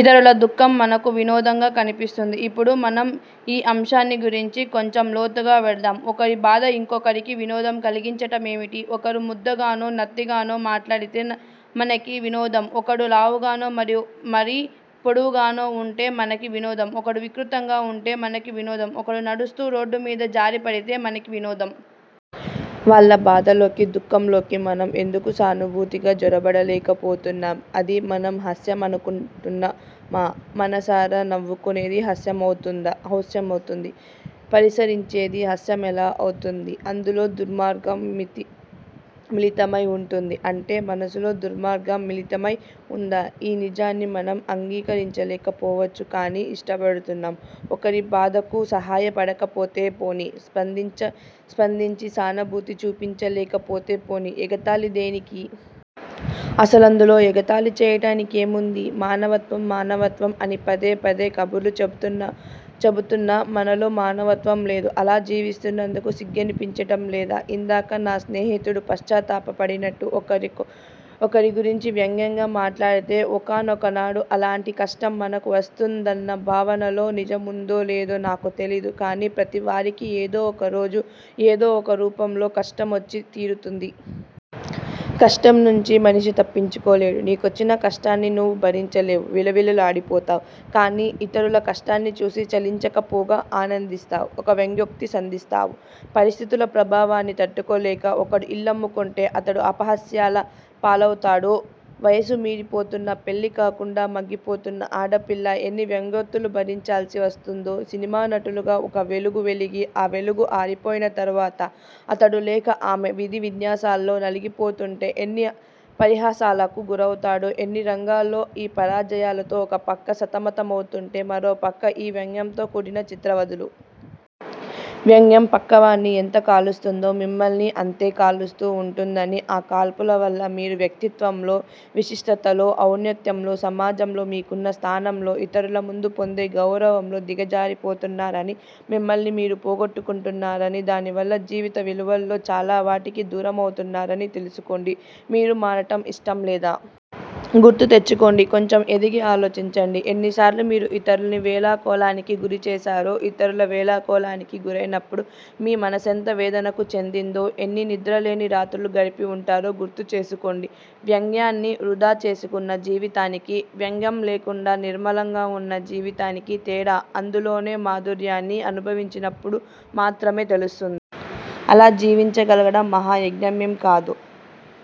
ఇతరుల దుఃఖం మనకు వినోదంగా కనిపిస్తుంది. ఇప్పుడు మనం ఈ అంశాన్ని గురించి కొంచెం లోతుగా వెడదాం. ఒకరి బాధ ఇంకొకరికి వినోదం కలిగించటమేమిటి? ఒకరు ముద్దగానో, నత్తిగానో మాట్లాడితే మనకి వినోదం ఒకడు లావుగానో, మరీ పొడుగ్గానో వుంటే మనకి వినోదం ఒకడు వికృతంగా వుంటే మనకి వినోదం ఒకడు నడుస్తూ రోడ్డుమీద జారిపడితే మనకి వినోదం. వాళ్ళ బాధల్లోకీ, దుఃఖంలోకీ మనం ఎందుకు సానుభూతిగా జొరబడలేక పోతున్నాం? అది మనం హాస్యమనుకుంటున్నామా? మనసారా నవ్వుకునేది హాస్యమవుతుంది. పరిహసించేది హాస్యమెలా అవుతుంది? అందులో దుర్మార్గం మిళితమై వుంటుంది. అంటే మనలో దుర్మార్గం మిళితమై వుందా? ఈ నిజాన్ని మనం అంగీకరించలేకపోవచ్చు కాని ఇష్టపడుతున్నాం. ఒకరి బాధలకు సాయపడకపోతే పోనీ, స్పందించి సానుభూతి చూపించకపోతే పోనీ, ఎగతాళి దేనికి? అసలందులో ఎగతాళి చేయటానికేముంది? మానవత్వం మానవత్వం అని పదేపదే కబుర్లు చెపుతున్నా మనలో మానవత్వంలేదు. అలా జీవిస్తున్నందుకు సిగ్గనిపించటం లేదా? ఇందాక నా స్నేహితుడు పశ్చాత్తాపపడినట్లు ఒకరిగురించి వ్యంగ్యంగా మాట్లాడితే, ఒకానొకనాడు అలాంటి కష్టం మనకూ వస్తుందన్న భావనలో నిజమున్నదో లేదో నాకు తెలీదు. కాని ప్రతివారికీ ఏదో ఒకరోజు ఏదో ఒకరూపంలో కష్టమొచ్చి తీరుతుంది. కష్టంనుంచి మనిషి తప్పించుకోలేడు. నీకొచ్చిన కష్టాన్ని నువ్వు భరించలేవు. విలవిల్లాడిపోతావు. కాని ఇతరుల కష్టాన్ని చూసి చలించకపోగా ఆనందిస్తావు. ఒక వ్యంగ్యోక్తి సంధిస్తావు. పరిస్థితుల ప్రభావాన్ని తట్టుకోలేక ఒకడు ఇల్లమ్ముకుంటే, అతడు అపహాస్యాల పాలవుతాడో, వయసు మీరిపోతున్నా పెళ్ళి కాకుండా మగ్గిపోతున్న ఆడపిల్ల ఎన్ని వ్యంగ్యోక్తులు భరించాల్సి వస్తోందో, సినిమా నటులుగా ఒక వెలుగు వెలిగి, ఆ వెలుగు ఆరిపోయిన తర్వాత అతడు లేక ఆమె విధి విన్యాసాలలో నలిగిపోతూంటే ఎన్ని పరిహాసాలకు గురవుతారో ఎన్నిరంగాల్లో ఈ పరాజయాలతో ఒకపక్క సతమతమవుతూంటే మరోపక్క ఈ వ్యంగ్యంతో కూడిన చిత్రవధలు! వ్యంగ్యం పక్కవాణ్ని ఎంత కాలుస్తుందో, మిమ్మల్నీ అంతే కాలుస్తూ వుంటుందనీ, ఆ కాల్పుల వల్ల మీరు వ్యక్తిత్వంలో, విశిష్టతలో, ఔన్నత్యంలో సమాజంలో మీకున్న స్థానంలో, ఇతరుల ముందు పొందే గౌరవంలో దిగజారిపోతున్నారనీ, మిమ్మల్ని మీరు పోగొట్టుకుంటున్నారనీ, దానివల్ల జీవితవిలువల్లో చాలావాటికి దూరమవుతున్నారని తెలుసుకోండి. మీరు మారటం ఇష్టంలేదా? గుర్తు తెచ్చుకోండి కొంచెం ఎదిగి ఆలోచించండి. ఎన్నిసార్లు మీరు ఇతరుల్ని వేళాకోళానికి గురి చేశారో, ఇతరుల వేళాకోళానికి గురైనప్పుడు మీ మనసెంత వేదనకు చెందిందో, ఎన్ని నిద్రలేని రాత్రులు గడిపి వుంటారో గుర్తుచేసుకోండి. వ్యంగ్యాన్ని వృధా చేసుకున్న జీవితానికీ, వ్యంగ్యం లేకుండా నిర్మలంగా వున్న జీవితానికీ తేడా అందులోని మాధుర్యాన్ని అనుభవించినప్పుడు మాత్రమే తెలుస్తు. అలా జీవించగలగటం మహాయజ్ఞమేం కాదు.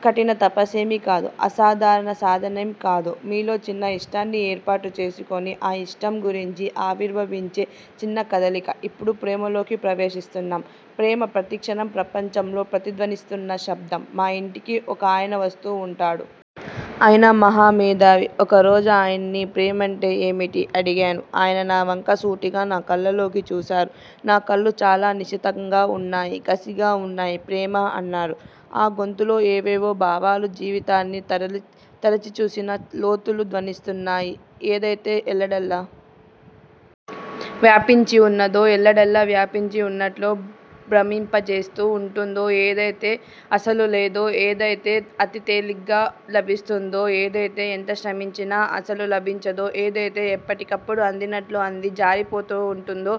కఠిన తపస్సేమీ కాదు. అసాధారణ సాధనేం కాదు. మీలో చిన్న ఇష్టాన్ని ఏర్పాటు చేసుకుని, ఆ ఇష్టంగురించి ఆవిర్భవించే చిన్న కదలిక. ఇప్పుడు ప్రేమలోకి ప్రవేశిస్తున్నాం. ప్రేమ ప్రతిక్షణం ప్రపంచంలో ప్రతిధ్వనిస్తూన్న శబ్దం. మా ఇంటికి ఒకాయన వస్తూ వుంటారు. ఆయన మహామేధావి. ఒక రోజాయన్ని ప్రేమంటే ఏమిటి? అనడిగాను. ఆయన నావంక సూటిగా నా కళ్ళలోకి చూశారు. నా కళ్ళు చాలా నిశితంగా వున్నాయి కసిగా వున్నాయి. ప్రేమ అన్నారు. ఆ గొంతులో ఏవేవో భావాలు జీవితాన్ని తరచి చూసిన లోతులు ధ్వనిస్తున్నాయి. ఏదైతే ఎల్లెడలా వ్యాపించివున్నదో, ఎల్లెడలా వ్యాపించి వున్నట్లు భ్రమింపచేస్తూ వుంటుందో, ఏదైతే అసలు లేదో, ఏదైతే అతితేలిగ్గా లభిస్తుందో, ఏదైతే ఎంత శ్రమించినా అసలు లభించదో, ఏదైతే ఎప్పటికప్పుడు అందినట్లు అంది జారిపోతూ వుంటుందో,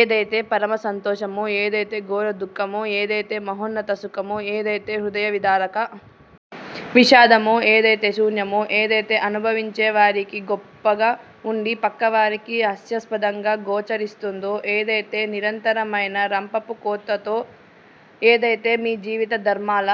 ఏదైతే పరమ సంతోషమో, ఏదైతే ఘోరదుఃఖమో, ఏదైతే మహోన్నత సుఖమో, ఏదైతే హృదయవిదారక విషాదమో ఏదైతే శూన్యమో, ఏదైతే అనుభవించేవారికి గొప్పగా వుండి పక్కవారికి హాస్యస్పధంగా గోచరిస్తుందో, ఏదైతే నిరంతరమైన రంపపుకోతో, ఏదైతే మీ జీవితధర్మాల